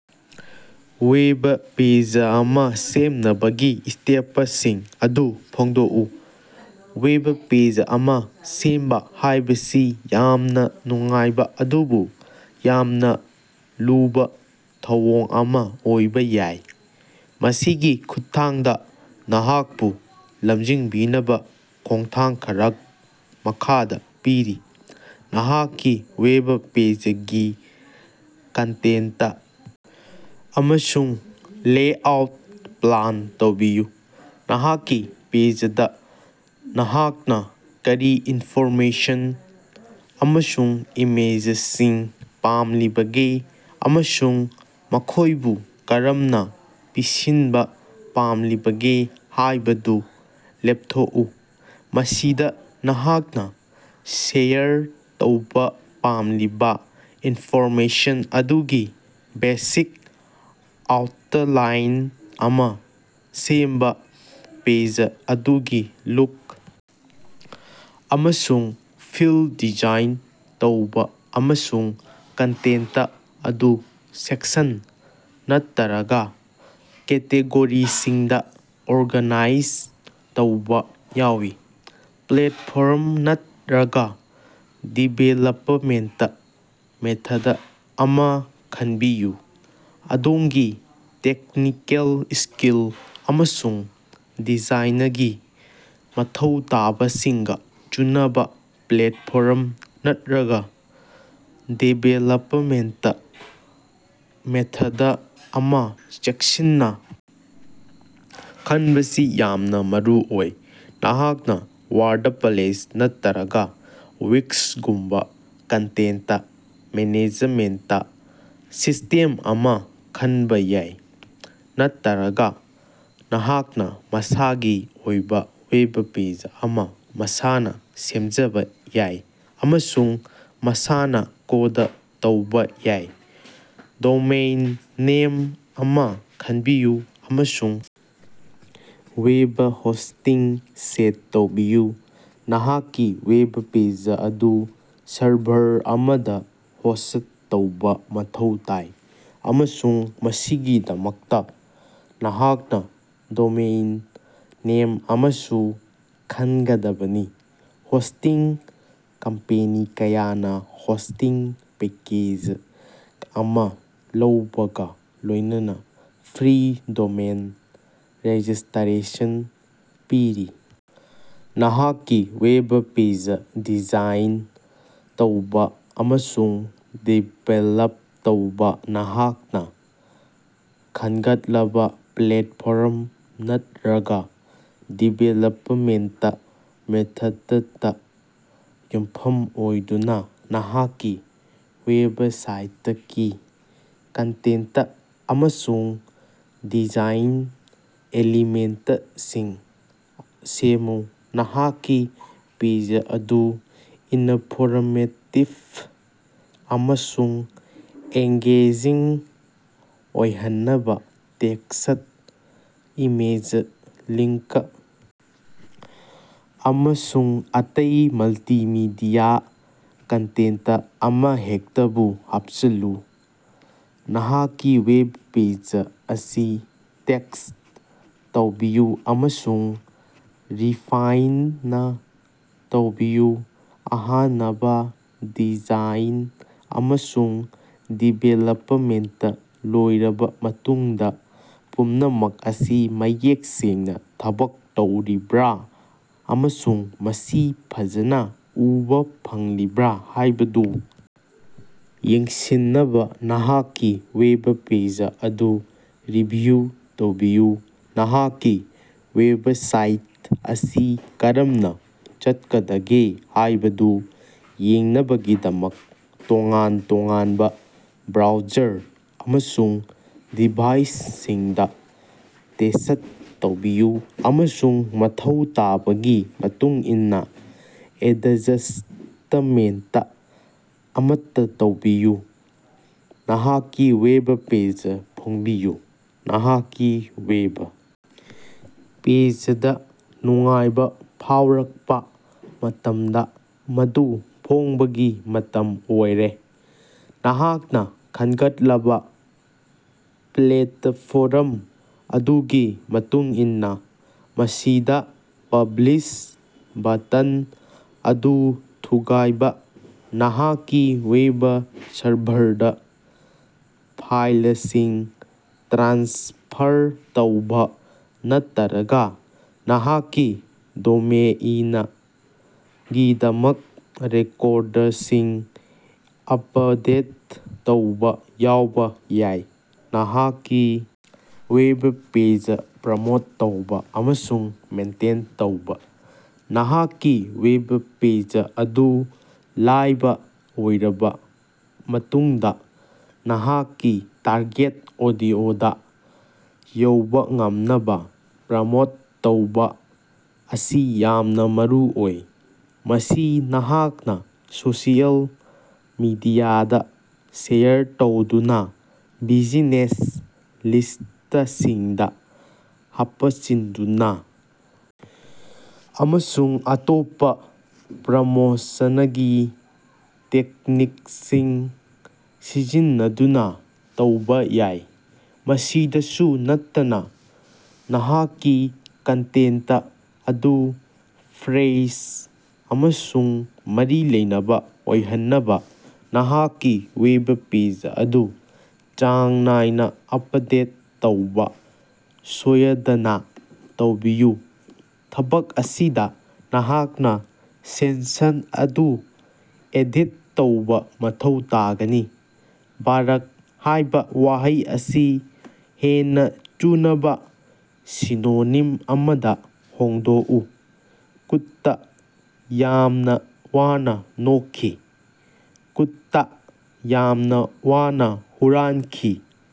Web page ꯑꯃ ꯁꯦꯝꯅꯕꯒꯤ ꯁ꯭ꯇꯦꯄꯁꯤꯡ ꯑꯗꯨ ꯐꯣꯡꯗꯣꯛꯎ꯫ ꯋꯦꯕ ꯄꯦꯖ ꯑꯃ ꯁꯦꯝꯕ ꯍꯥꯏꯕꯁꯤ ꯌꯥꯝꯅ ꯅꯨꯡꯉꯥꯏꯕ ꯑꯗꯨꯕꯨ ꯌꯥꯝꯅꯥ ꯂꯨꯕꯥ ꯊꯧꯑꯣꯡ ꯑꯃ ꯑꯣꯏꯕ ꯌꯥꯏ꯫ ꯃꯁꯤꯒꯤ ꯈꯨꯠꯊꯥꯡꯗꯥ ꯅꯍꯥꯛꯄꯨ ꯂꯝꯖꯤꯡꯕꯤꯅꯕ ꯈꯣꯡꯊꯥꯡ ꯈꯔꯥ ꯃꯈꯥꯗ ꯄꯤꯔꯤ: ꯅꯍꯥꯛꯀꯤ ꯋꯦꯕ ꯄꯦꯖꯒꯤ ꯀꯟꯇꯦꯟꯇ ꯑꯃꯁꯨꯡ ꯂꯦꯑꯥꯎꯠ ꯄ꯭ꯂꯥꯟ ꯇꯧꯕꯤꯌꯨ: ꯅꯍꯥꯛꯀꯤ ꯄꯦꯖꯗ ꯅꯍꯥꯛꯅ ꯀꯔꯤ ꯏꯟꯐꯣꯔꯃꯦꯁꯟ ꯑꯃꯁꯨꯡ ꯏꯃꯦꯖꯁꯤꯡ ꯄꯥꯝꯂꯤꯕꯒꯦ ꯑꯃꯁꯨꯡ ꯃꯈꯣꯏꯕꯨ ꯀꯔꯝꯅ ꯄꯤꯁꯤꯟꯕ ꯄꯥꯝꯂꯤꯕꯒꯦ ꯍꯥꯏꯕꯗꯨ ꯂꯦꯞꯊꯣꯛꯎ꯫ ꯃꯁꯤꯗ ꯅꯍꯥꯛꯅ ꯁꯦꯌꯔ ꯇꯧꯕꯥ ꯄꯥꯝꯂꯤꯕꯥ ꯏꯟꯐꯣꯔꯃꯦꯁꯟ ꯑꯗꯨꯒꯤ ꯕꯦꯁꯤꯛ ꯑꯥꯎꯇꯂꯥꯏꯟ ꯑꯃ ꯁꯦꯝꯕꯥ, ꯄꯦꯖ ꯑꯗꯨꯒꯤ ꯂꯨꯛ ꯑꯃꯁꯨꯡ ꯐꯤꯜ ꯗꯤꯖꯥꯏꯟ ꯇꯧꯕꯥ, ꯑꯃꯁꯨꯡ ꯀꯟꯇꯦꯟꯇ ꯑꯗꯨ ꯁꯦꯛꯁꯟ ꯅꯠꯇꯔꯒꯥ ꯀꯦꯇꯦꯒꯣꯔꯤꯁꯤꯡꯗ ꯑꯣꯔꯒꯥꯅꯥꯏꯖ ꯇꯧꯕꯥ ꯌꯥꯎꯏ꯫ ꯄ꯭ꯂꯦꯠꯐꯣꯔꯝ ꯅꯠꯔꯒꯥ ꯗꯤꯕꯦꯂꯄꯃꯦꯟꯇ ꯃꯦꯊꯗ ꯑꯃꯥ ꯈꯟꯕꯤꯌꯨ: ꯑꯗꯣꯝꯒꯤ ꯇꯦꯛꯅꯤꯀꯦꯜ ꯁ꯭ꯀꯤꯜ ꯑꯃꯁꯨꯡ ꯗꯤꯖꯥꯏꯅꯒꯤ ꯃꯊꯧ ꯇꯥꯕꯁꯤꯡꯒ ꯆꯨꯅꯕ ꯄ꯭ꯂꯦꯠꯐꯣꯔꯝ ꯅꯠꯔꯒꯥ ꯗꯤꯕꯦꯂꯄꯃꯦꯟꯇ ꯃꯦꯊꯗ ꯑꯃꯥ ꯆꯦꯛꯁꯤꯟꯅ ꯈꯟꯕꯁꯤ ꯌꯥꯝꯅꯥ ꯃꯔꯨꯑꯣꯏ꯫ ꯅꯍꯥꯛꯅꯥ ꯋꯥꯔꯗꯄꯂꯦꯁ ꯅꯠꯇꯔꯒꯥ ꯋꯤꯛꯁꯒꯨꯝꯕꯥ ꯀꯟꯇꯦꯟꯇ ꯃꯦꯅꯦꯖꯃꯦꯟꯇ ꯁꯤꯁꯇꯦꯝ ꯑꯃ ꯈꯟꯕ ꯌꯥꯏ, ꯅꯠꯇꯔꯒꯥ ꯅꯍꯥꯛꯅ ꯃꯁꯥꯒꯤ ꯑꯣꯏꯕ ꯋꯦꯕ ꯄꯦꯖ ꯑꯃ ꯃꯁꯥꯅ ꯁꯦꯝꯖꯕ ꯌꯥꯏ ꯑꯃꯁꯨꯡ ꯃꯁꯥꯅ ꯀꯣꯗ ꯇꯧꯕꯥ ꯌꯥꯏ꯫ ꯗꯣꯃꯦꯏꯟ ꯅꯦꯝ ꯑꯃ ꯈꯟꯕꯤꯌꯨ ꯑꯃꯁꯨꯡ ꯋꯦꯕ ꯍꯣꯁꯇꯤꯡ ꯁꯦꯠ ꯇꯧꯕꯤꯌꯨ: ꯅꯍꯥꯛꯀꯤ ꯋꯦꯕ ꯄꯦꯖ ꯑꯗꯨ ꯁꯔꯚꯔ ꯑꯃꯗ ꯍꯣꯁꯠ ꯇꯧꯕꯥ ꯃꯊꯧ ꯇꯥꯏ, ꯑꯃꯁꯨꯡ ꯃꯁꯤꯒꯤꯗꯃꯛꯇꯥ ꯅꯍꯥꯛꯅꯥ ꯗꯣꯃꯦꯏꯟ ꯅꯦꯝ ꯑꯃꯁꯨ ꯈꯟꯒꯗꯕꯅꯤ꯫ ꯍꯣꯁꯇꯤꯡ ꯀꯝꯄꯦꯅꯤ ꯀꯌꯥꯅ ꯍꯣꯁꯇꯤꯡ ꯄꯦꯀꯦꯖ ꯑꯃꯥ ꯂꯧꯕꯒꯥ ꯂꯣꯏꯅꯅ ꯐ꯭ꯔꯤ ꯗꯣꯃꯦꯟ ꯔꯦꯖꯤꯁꯇꯔꯦꯁꯟ ꯄꯤꯔꯤ꯫ ꯅꯍꯥꯛꯀꯤ ꯋꯦꯕ ꯄꯦꯖ ꯗꯤꯖꯥꯏꯟ ꯇꯧꯕꯥ ꯑꯃꯁꯨꯡ ꯗꯤꯕꯦꯂꯞ ꯇꯧꯕꯥ: ꯅꯍꯥꯛꯅ ꯈꯟꯒꯠꯂꯕ ꯄ꯭ꯂꯦꯠꯐꯣꯔꯝ ꯅꯠꯔꯒꯥ ꯗꯤꯕꯦꯂꯄꯃꯦꯟꯇ ꯃꯦꯊꯗꯇꯥ ꯌꯨꯝꯐꯝ ꯑꯣꯏꯗꯨꯅꯥ ꯅꯍꯥꯛꯀꯤ ꯋꯦꯕꯁꯥꯏꯇꯀꯤ ꯀꯟꯇꯦꯟꯇ ꯑꯃꯁꯨꯡ ꯗꯤꯖꯥꯏꯟ ꯑꯦꯂꯤꯃꯦꯟꯇꯁꯤꯡ ꯁꯦꯝꯃꯨ꯫ ꯅꯍꯥꯛꯀꯤ ꯄꯦꯖ ꯑꯗꯨ ꯏꯅꯐꯣꯔꯃꯦꯇꯤꯚ ꯑꯃꯁꯨꯡ ꯑꯦꯡꯒꯦꯖꯤꯡ ꯑꯣꯏꯍꯟꯅꯕꯥ ꯇꯦꯛꯁꯠ, ꯏꯃꯦꯖ, ꯂꯤꯡꯀ, ꯑꯃꯁꯨꯡ ꯑꯇꯩ ꯃꯜꯇꯤꯃꯤꯗꯤꯌꯥ ꯀꯟꯇꯦꯟꯇ ꯑꯃꯍꯦꯛꯇꯕꯨ ꯍꯥꯄꯆꯤꯜꯂꯨ꯫ ꯅꯍꯥꯛꯀꯤ ꯋꯦꯕ ꯄꯦꯖ ꯑꯁꯤ ꯇꯦꯁ꯭ꯠ ꯇꯧꯕꯤꯌꯨ ꯑꯃꯁꯨꯡ ꯔꯤꯐꯥꯏꯟꯅꯥ ꯇꯧꯕꯤꯌꯨ: ꯑꯍꯥꯅꯕꯥ ꯗꯤꯖꯥꯏꯟ ꯑꯃꯁꯨꯡ ꯗꯤꯕꯦꯂꯄꯃꯦꯟꯇ ꯂꯣꯏꯔꯕꯥ ꯃꯇꯨꯡꯗꯥ, ꯄꯨꯝꯅꯃꯛ ꯑꯁꯤ ꯃꯌꯦꯛ ꯁꯦꯡꯅꯥ ꯊꯕꯛ ꯇꯧꯔꯤꯕ꯭ꯔꯥ ꯑꯃꯁꯨꯡ ꯃꯁꯤ ꯐꯖꯅꯥ ꯎꯕꯥ ꯐꯪꯂꯤꯕ꯭ꯔꯥ ꯍꯥꯏꯕꯗꯨ ꯌꯦꯡꯁꯤꯟꯅꯕꯥ ꯅꯍꯥꯛꯀꯤ ꯋꯦꯕ ꯄꯦꯖ ꯑꯗꯨ ꯔꯤꯚꯤꯌꯨ ꯇꯧꯕꯤꯌꯨ꯫ ꯅꯍꯥꯛꯀꯤ ꯋꯦꯕꯁꯥꯏꯠ ꯑꯁꯤ ꯀꯔꯝꯅꯥ ꯆꯠꯀꯗꯒꯦ ꯍꯥꯏꯕꯗꯨ ꯌꯦꯡꯅꯕꯒꯤꯗꯃꯛ ꯇꯣꯉꯥꯟ-ꯇꯣꯉꯥꯟꯕ ꯕ꯭ꯔꯥꯎꯖꯔ ꯑꯃꯁꯨꯡ ꯗꯤꯚꯥꯏꯁꯁꯤꯡꯗꯥ ꯇꯦꯁꯠ ꯇꯧꯕꯤꯌꯨ ꯑꯃꯁꯨꯡ ꯃꯊꯧ ꯇꯥꯕꯒꯤ ꯃꯇꯨꯡꯏꯟꯅꯥ ꯑꯦꯗꯖꯁꯇꯃꯦꯟꯇ ꯑꯃꯠꯇꯥ ꯇꯧꯕꯤꯌꯨ꯫ ꯅꯍꯥꯛꯀꯤ ꯋꯦꯕ ꯄꯦꯖ ꯐꯣꯡꯕꯤꯌꯨ: ꯅꯍꯥꯛꯀꯤ ꯋꯦꯕ ꯄꯦꯖꯗꯥ ꯅꯨꯡꯉꯥꯏꯕꯥ ꯐꯥꯎꯔꯛꯄꯥ ꯃꯇꯝꯗ ꯃꯗꯨ ꯐꯣꯡꯕꯒꯤ ꯃꯇꯝ ꯑꯣꯏꯔꯦ꯫ ꯅꯍꯥꯛꯅ ꯈꯟꯒꯠꯂꯕꯥ ꯄ꯭ꯂꯦꯇꯐꯣꯔꯝ ꯑꯗꯨꯒꯤ ꯃꯇꯨꯡꯏꯟꯅꯥ, ꯃꯁꯤꯗꯥ ꯄꯕ꯭ꯂꯤꯁ ꯕꯇꯟ ꯑꯗꯨ ꯊꯨꯒꯥꯏꯕꯥ, ꯅꯍꯥꯛꯀꯤ ꯋꯦꯕ ꯁꯔꯚꯔꯗꯥ ꯐꯥꯏꯂꯁꯤꯡ ꯇ꯭ꯔꯥꯟꯁꯐꯔ ꯇꯧꯕꯥ, ꯅꯠꯇꯔꯒꯥ ꯅꯍꯥꯛꯀꯤ ꯗꯣꯃꯦꯏꯅꯒꯤꯗꯃꯛ ꯔꯦꯀꯣꯔꯗꯁꯤꯡ ꯑꯄꯗꯦꯠ ꯇꯧꯕꯥ ꯌꯥꯎꯕꯥ ꯌꯥꯏ꯫ ꯅꯍꯥꯛꯀꯤ ꯋꯦꯕ ꯄꯦꯖ ꯄ꯭ꯔꯃꯣꯠ ꯇꯧꯕꯥ ꯑꯃꯁꯨꯡ ꯃꯦꯟꯇꯦꯟ ꯇꯧꯕꯥ: ꯅꯍꯥꯛꯀꯤ ꯋꯦꯕ ꯄꯦꯖ ꯑꯗꯨ ꯂꯥꯏꯕ ꯑꯣꯏꯔꯕꯥ ꯃꯇꯨꯡꯗꯥ ꯅꯍꯥꯛꯀꯤ ꯇꯥꯔꯒꯦꯠ ꯑꯣꯗꯤꯑꯣꯗꯥ ꯌꯧꯕꯥ ꯉꯝꯅꯕꯥ ꯄ꯭ꯔꯃꯣꯠ ꯇꯧꯕꯥ ꯑꯁꯤ ꯌꯥꯝꯅꯥ ꯃꯔꯨꯑꯣꯏ꯫ ꯃꯁꯤ ꯅꯍꯥꯛꯅꯥ ꯁꯣꯁꯤꯑꯦꯜ ꯃꯤꯗꯤꯌꯥꯗꯥ ꯁꯦꯌꯔ ꯇꯧꯗꯨꯅꯥ, ꯕꯤꯖꯤꯅꯦꯁ ꯂꯤꯁꯇꯁꯤꯡꯗꯥ ꯍꯥꯄꯆꯤꯟꯗꯨꯅꯥ, ꯑꯃꯁꯨꯡ ꯑꯇꯣꯞꯄꯥ ꯄ꯭ꯔꯃꯣꯁꯅꯒꯤ ꯇꯦꯛꯅꯤꯛꯁꯤꯡ ꯁꯤꯖꯤꯟꯅꯗꯨꯅꯥ ꯇꯧꯕꯥ ꯌꯥꯏ꯫ ꯃꯁꯤꯗꯁꯨ ꯅꯠꯇꯅꯥ, ꯅꯍꯥꯛꯀꯤ ꯀꯟꯇꯦꯟꯇ ꯑꯗꯨ ꯐ꯭ꯔꯦꯁ ꯑꯃꯁꯨꯡ ꯃꯔꯤ ꯂꯩꯅꯕꯥ ꯑꯣꯏꯍꯟꯅꯕꯥ ꯅꯍꯥꯛꯀꯤ ꯋꯦꯕ ꯄꯦꯖ ꯑꯗꯨ ꯆꯥꯡ ꯅꯥꯏꯅꯥ ꯑꯄꯗꯦꯠ ꯇꯧꯕꯥ ꯁꯣꯌꯗꯅꯥ ꯇꯧꯕꯤꯌꯨ꯫ ꯊꯕꯛ ꯑꯁꯤꯗꯥ ꯅꯍꯥꯛꯅꯥ ꯁꯦꯟꯁꯟ ꯑꯗꯨ ꯑꯦꯗꯤꯠ ꯇꯧꯕꯥ ꯃꯊꯧ ꯇꯥꯒꯅꯤ꯫ "ꯕꯥꯔꯛ" ꯍꯥꯏꯕꯥ ꯋꯥꯍꯩ ꯑꯁꯤ ꯍꯦꯟꯅꯥ ꯆꯨꯅꯕꯥ ꯁꯤꯅꯣꯅꯤꯝ ꯑꯃꯗꯥ ꯍꯣꯡꯗꯣꯛꯎ꯫ ꯀꯨꯠꯇꯥ ꯌꯥꯝꯅ ꯋꯥꯅꯥ ꯅꯣꯛꯈꯤ꯫ ꯀꯨꯠꯇꯥ ꯌꯥꯝꯅ ꯋꯥꯅ ꯍꯨꯔꯥꯟꯈꯤ꯫।